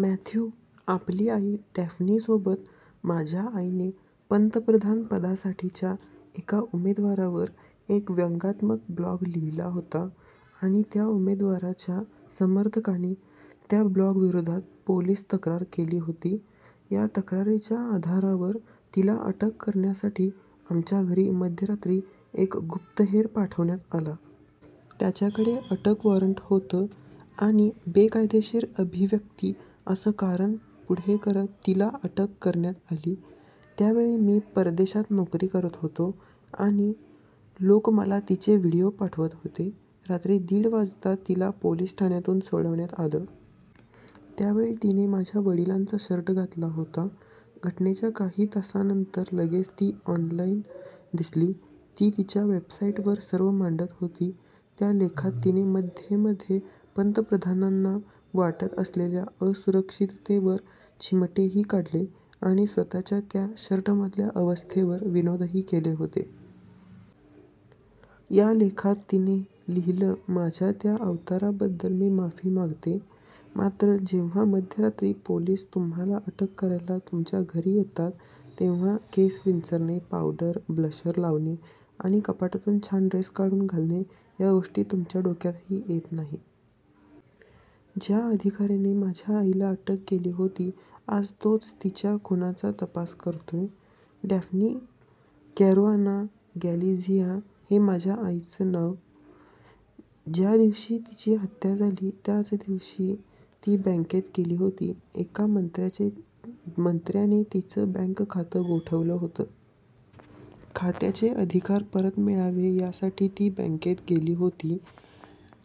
Matthew आपली आई डॅफ्नीसोबत माझ्या आईने पंतप्रधानपदासाठीच्या एका उमेदवारावर एक व्यंगात्मक ब्लॉग लिहिला होता आणि त्या उमेदवाराच्या समर्थकाने त्या ब्लॉगविरोधात पोलीस तक्रार केली होती. या तक्रारीच्या आधारावर तिला अटक करण्यासाठी आमच्या घरी मध्यरात्री एक गुप्तहेर पाठवण्यात आला. त्याच्याकडे अटक वॉरंट होतं आणि 'बेकायदेशीर अभिव्यक्ती' असं कारण पुढे करत तिला अटक करण्यात आली. त्यावेळी मी परदेशात नोकरी करत होतो आणि लोक मला तिचे व्हीडिओ पाठवत होते. रात्री दीड वाजता तिला पोलीस ठाण्यातून सोडण्यात आलं. त्यावेळी तिने माझ्या वडिलांचा शर्ट घातला होता. घटनेच्या काही तासानंतर लगेच ती ऑनलाईन दिसली. ती तिच्या वेबसाईटवर सर्व मांडत होती. त्या लेखात तिने मध्ये-मध्ये पंतप्रधानांना वाटत असलेल्या असुरक्षिततेवर चिमटेही काढले आणि स्वतःच्या त्या शर्टमधल्या अवस्थेवर विनोदही केले होते. या लेखात तिने लिहिलं माझ्या त्या अवताराबद्दल मी माफी मागते. मात्र जेव्हा मध्यरात्री पोलीस तुम्हाला अटक करायला तुमच्या घरी येतात, तेव्हा केस विंचरणे, पावडर, ब्लशर लावणे आणि कपाटातून छान ड्रेस काढून घालणे, या गोष्टी तुमच्या डोक्यातही येत नाहीत. ज्या अधिकाऱ्याने माझ्या आईला अटक केली होती आज तोच तिच्या खुनाचा तपास करतोय. डॅफ्नी कॅरुआना गॅलिझिया, हे माझ्या आईचं नाव. ज्या दिवशी तिची हत्या झाली, त्यादिवशी ती बँकेत गेली होती. एका मंत्र्याने तिचं बँक खातं गोठवलं होतं. खात्याचे अधिकार परत मिळावे यासाठी ती बँकेत गेली होती.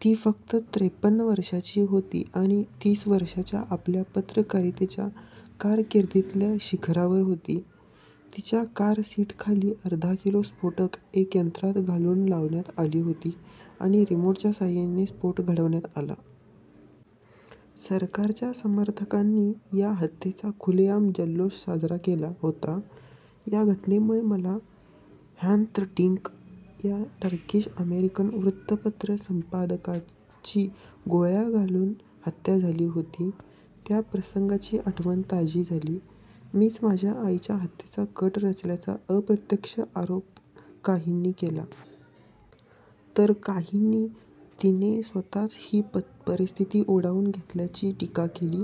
ती फक्त त्रेपन्न वर्षांची होती आणि तीस वर्षांच्या आपल्या पत्रकारितेच्या कारकिर्दीतल्या शिखरावर होती. तिच्या कार सीटखाली अर्धा किलो स्फोटकं एका यंत्रात घालून लावण्यात आली होती आणि रिमोटच्या साहाय्याने स्फोट घडवण्यात आला. सरकारच्या समर्थकांनी या हत्येचा खुलेआम जल्लोष साजरा केला होता. या घटनेमुळे मला, 'ह्रांत डिंक' या टर्किश-अमेरिकन वृत्तपत्र संपादकाची गोळ्या घालून हत्या झाली होती, त्या प्रसंगाची आठवण ताजी झाली. मीच माझ्या आईच्या हत्येचा कट रचल्याचा अप्रत्यक्ष आरोप काहींनी केला. तर काहींनी तिने स्वतःच ही परिस्थिती ओढावून घेतल्याची टीका केली.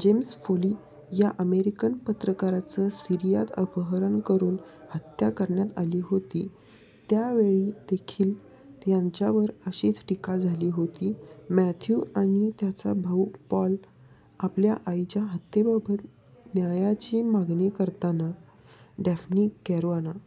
जेम्स फोली या अमेरिकन पत्रकाराचं सीरियात अपहरण करून हत्या करण्यात आली होती. त्यावेळीदेखील त्यांच्यावर अशीच टीका झाली होती. मॅथ्यू आणि त्याचा भाऊ पॉल आपल्या आईच्या हत्येबाबत न्यायाची मागणी करताना. Daphne Caruana